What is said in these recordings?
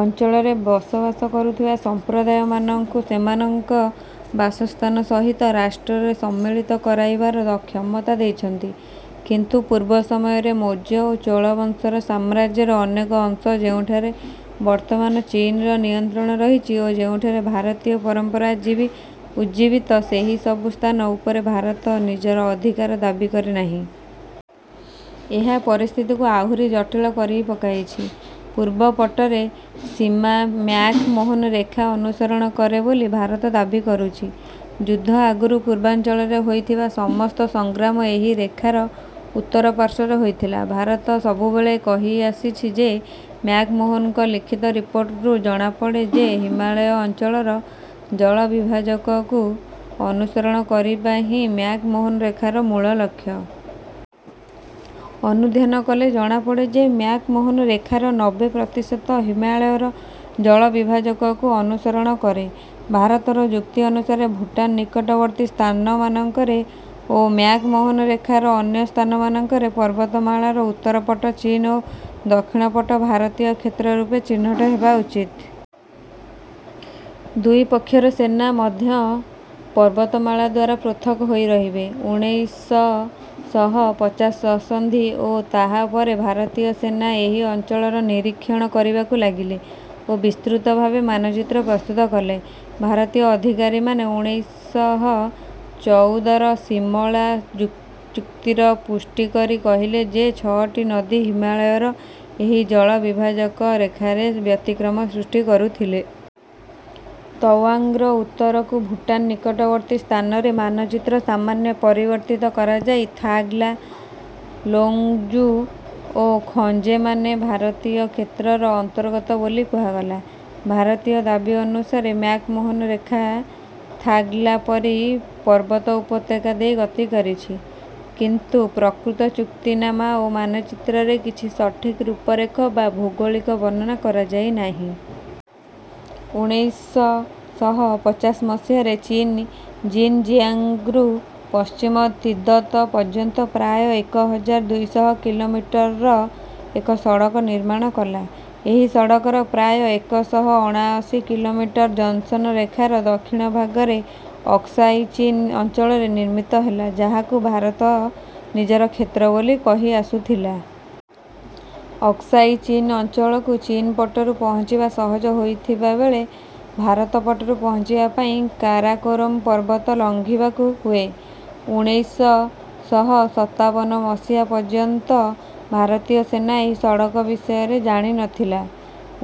ଅଞ୍ଚଳରେ ବସବାସ କରୁଥିବା ସମ୍ପ୍ରଦାୟମାନଙ୍କୁ ସେମାନଙ୍କ ବାସସ୍ଥାନ ସହିତ ରାଷ୍ଟ୍ରରେ ସମ୍ମିଳିତ କରାଇବାର ଦ କ୍ଷମତା ଦେଇଛନ୍ତି। କିନ୍ତୁ ପୂର୍ବ ସମୟରେ ମୋର୍ଯ୍ୟ ଓ ଚୋଳ ବଂଶର ସାମ୍ରାଜ୍ୟର ଅନେକ ଅଂଶ ଯେଉଁଠାରେ ବର୍ତ୍ତମାନ ଚୀନ୍‌ର ନିୟନ୍ତ୍ରଣ ରହିଛି ଓ ଯେଉଁଠାରେ ଭାରତୀୟ ପରମ୍ପରା ଆଜି ବି ଉଜ୍ଜୀବିତ, ସେହି ସବୁ ସ୍ଥାନ ଉପରେ ଭାରତ ନିଜର ଅଧିକାର ଦାବି କରେ ନାହିଁ। ଏହା ପରିସ୍ଥିତିକୁ ଆହୁରି ଜଟିଳ କରିପକାଇଛି। ପୂର୍ବ ପଟରେ ସୀମା ମ୍ୟାକ୍-ମୋହନ ରେଖା ଅନୁସରଣ କରେ ବୋଲି ଭାରତ ଦାବି କରୁଛି। ଯୁଦ୍ଧ ଆଗରୁ ପୂର୍ବାଞ୍ଚଳରେ ହୋଇଥିବା ସମସ୍ତ ସଂଗ୍ରାମ ଏହି ରେଖାର ଉତ୍ତର ପାର୍ଶ୍ୱରେ ହୋଇଥିଲା। ଭାରତ ସବୁବେଳେ କହି ଆସିଛି ଯେ ମ୍ୟାକ୍ ମୋହନଙ୍କ ଲିଖିତ ରିପୋର୍ଟରୁ ଜଣାପଡ଼େ ଯେ ହିମାଳୟ ଅଞ୍ଚଳର ଜଳବିଭାଜକକୁ ଅନୁସରଣ କରିବା ହିଁ ମ୍ୟାକ୍ ମୋହନ ରେଖାର ମୂଳ ଲକ୍ଷ୍ୟ। ଅନୁଧ୍ୟାନ କଲେ ଜଣାପଡ଼େ ଯେ ମ୍ୟାକ୍ ମୋହନ ରେଖାର ନବେ ପ୍ରତିଶତ ହିମାଳୟର ଜଳବିଭାଜକକୁ ଅନୁସରଣ କରେ। ଭାରତର ଯୁକ୍ତି ଅନୁସାରେ ଭୁଟାନ୍ ନିକଟବର୍ତ୍ତୀ ସ୍ଥାନମାନଙ୍କରେ ଓ ମ୍ୟାକ୍ ମୋହନ ରେଖାର ଅନ୍ୟ ସ୍ଥାନମାନଙ୍କରେ ପର୍ବତମାଳାର ଉତ୍ତର ପଟ ଚୀନ୍ ଓ ଦକ୍ଷିଣ ପଟ ଭାରତୀୟ କ୍ଷେତ୍ର ରୂପେ ଚିହ୍ନଟ ହେବା ଉଚିତ। ଦୁଇ ପକ୍ଷର ସେନା ମଧ୍ୟ ପର୍ବତମାଳା ଦ୍ୱାରା ପୃଥକ୍ ହୋଇ ରହିବେ। ଉଣେଇଶ ଶହ ପଚାଶ ଦଶନ୍ଧି ଓ ତାହା ପରେ ଭାରତୀୟ ସେନା ଏହି ଅଞ୍ଚଳର ନିରୀକ୍ଷଣ କରିବାକୁ ଲାଗିଲେ ଓ ବିସ୍ତୃତ ଭାବେ ମାନଚିତ୍ର ପ୍ରସ୍ତୁତ କଲେ। ଭାରତୀୟ ଅଧିକାରୀମାନେ ଉଣେଇଶହ ଚଉଦର ସିମଳା ଯୁ ଚୁକ୍ତିର ପୁଷ୍ଟି କରି କହିଲେ ଯେ ଛଅଟି ନଦୀ ହିମାଳୟର ଏହି ଜଳବିଭାଜକ ରେଖାରେ ବ୍ୟତିକ୍ରମ ସୃଷ୍ଟି କରୁଥିଲେ। ତୱାଙ୍ଗ୍‌ର ଉତ୍ତରକୁ ଭୁଟାନ୍ ନିକଟବର୍ତ୍ତୀ ସ୍ଥାନରେ ମାନଚିତ୍ର ସାମାନ୍ୟ ପରିବର୍ତ୍ତିତ କରାଯାଇ ଥାଗ୍ ଲା, ଲୋଙ୍ଗ୍‌ଜୁ ଓ ଖଞ୍ଜେମାନେ ଭାରତୀୟ କ୍ଷେତ୍ରର ଅନ୍ତର୍ଗତ ବୋଲି କୁହାଗଲା। ଭାରତୀୟ ଦାବି ଅନୁସାରେ ମ୍ୟାକ୍ ମୋହନ ରେଖା ଥାଗ୍ ଲା ପରି ପର୍ବତ ଉପତ୍ୟକା ଦେଇ ଗତି କରିଛି। କିନ୍ତୁ ପ୍ରକୃତ ଚୁକ୍ତିନାମା ଓ ମାନଚିତ୍ରରେ କିଛି ସଠିକ ରୂପରେଖ ବା ଭୌଗୋଳିକ ବର୍ଣ୍ଣନା କରାଯାଇ ନାହିଁ। ଉଣେଇଶ ଶହ ପଚାଶ ମସିହାରେ ଚୀନ୍ ଜିନ୍‌ଜିଆଙ୍ଗ୍‌ରୁ ପଶ୍ଚିମ ତିବ୍ଦତ ପର୍ଯ୍ୟନ୍ତ ପ୍ରାୟ ଏକ ହଜାର ଦୁଇ ଶହ କିଲୋମିଟର ର ଏକ ସଡ଼କ ନିର୍ମାଣ କଲା। ଏହି ସଡ଼କର ପ୍ରାୟ ଏକ ଶହ ଅଣାଅଶୀ କିଲୋମିଟର ଜନ୍‌ସନ୍ ରେଖାର ଦକ୍ଷିଣ ଭାଗରେ ଅକ୍ସାଇ ଚୀନ୍ ଅଞ୍ଚଳରେ ନିର୍ମିତ ହେଲା ଯାହାକୁ ଭାରତ ନିଜର କ୍ଷେତ୍ର ବୋଲି କହିଆସୁଥିଲା। ଅକ୍ସାଇ ଚୀନ୍ ଅଞ୍ଚଳକୁ ଚୀନ୍ ପଟରୁ ପହଞ୍ଚିବା ସହଜ ହୋଇଥିବା ବେଳେ ଭାରତ ପଟରୁ ପହଞ୍ଚିବା ପାଇଁ କାରାକୋରମ୍ ପର୍ବତ ଲଙ୍ଘିବାକୁ ହୁଏ। ଉଣେଇଶ ଶହ ସତାବନ ମସିହା ପର୍ଯ୍ୟନ୍ତ ଭାରତୀୟ ସେନା ଏହି ସଡ଼କ ବିଷୟରେ ଜାଣି ନ ଥିଲା।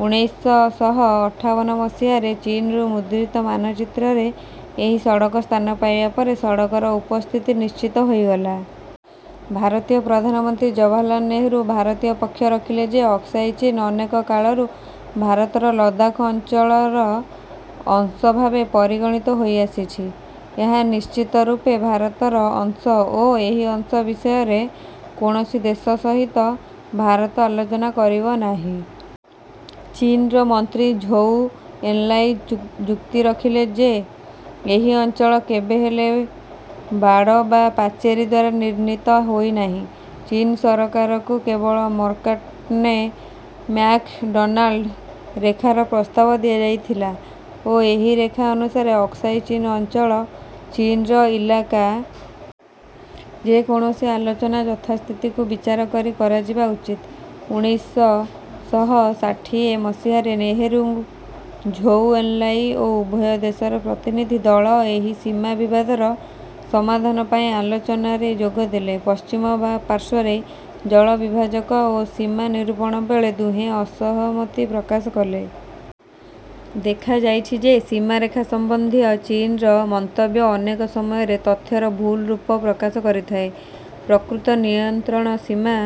ଉଣେଇଶ ଶହ ଅଠାବନ ମସିହାରେ ଚୀନରୁ ମୁଦ୍ରିତ ମାନଚିତ୍ରରେ ଏହି ସଡ଼କ ସ୍ଥାନ ପାଇବା ପରେ ସଡ଼କର ଉପସ୍ଥିତି ନିଶ୍ଚିତ ହୋଇଗଲା। ଭାରତୀୟ ପ୍ରଧାନମନ୍ତ୍ରୀ ଜବାହାରଲାଲ୍ ନେହେରୁ ଭାରତୀୟ ପକ୍ଷ ରଖିଲେ ଯେ ଅକ୍ସାଇ ଚୀନ୍ ଅନେକ କାଳରୁ ଭାରତର ଲଦାଖ୍ ଅଞ୍ଚଳର ଅଂଶ ଭାବେ ପରିଗଣିତ ହୋଇଆସିଛି, ଏହା ନିଶ୍ଚିତ ରୂପେ ଭାରତର ଅଂଶ ଓ ଏହି ଅଂଶ ବିଷୟରେ କୌଣସି ଦେଶ ସହିତ ଭାରତ ଆଲୋଚନା କରିବ ନାହିଁ। ଚୀନ୍‌ର ମନ୍ତ୍ରୀ ଝୋଉ ଏନ୍‌ଲାଇ ଚୁ ଯୁକ୍ତି ରଖିଲେ ଯେ ଏହି ଅଞ୍ଚଳ କେବେହେଲେ ବାଡ଼ ବା ପାଚେରୀ ଦ୍ୱାରା ନିର୍ଣ୍ଣୀତ ହୋଇ ନାହିଁ। ଚୀନ୍ ସରକାରକୁ କେବଳ ମର୍କାଟନେ ମ୍ୟାକ୍‌ଡନାଲ୍ଡ୍ ରେଖାର ପ୍ରସ୍ତାବ ଦିଆଯାଇଥିଲା ଓ ଏହି ରେଖା ଅନୁସାରେ ଅକ୍ସାଇ ଚୀନ୍ ଅଞ୍ଚଳ ଚୀନ୍‌ର ଇଲାକା। ଯେ କୌଣସି ଆଲୋଚନା ଯଥାସ୍ଥିତିକୁ ବିଚାର କରି କରାଯିବା ଉଚିତ। ଉଣେଇଶ ଶହ ଷାଠିଏ ମସିହାରେ ନେହେରୁ, ଝୋଉ ଏନ୍‌ଲାଇ ଓ ଉଭୟ ଦେଶର ପ୍ରତିନିଧି ଦଳ ଏହି ସୀମା ବିବାଦର ସମାଧାନ ପାଇଁ ଆଲୋଚନାରେ ଯୋଗ ଦେଲେ। ପଶ୍ଚିମ ବା ପାର୍ଶ୍ୱରେ ଜଳବିଭାଜକ ଓ ସୀମା ନିରୂପଣ ବେଳେ ଦୁହେଁ ଅସହମତି ପ୍ରକାଶ କଲେ। ଦେଖାଯାଇଛି ଯେ ସୀମାରେଖା ସମ୍ବନ୍ଧୀୟ ଚୀନ୍‌ର ମନ୍ତବ୍ୟ ଅନେକ ସମୟରେ ତଥ୍ୟର ଭୁଲ ରୂପ ପ୍ରକାଶ କରିଥାଏ। ପ୍ରକୃତ ନିୟନ୍ତ୍ରଣ ସୀମା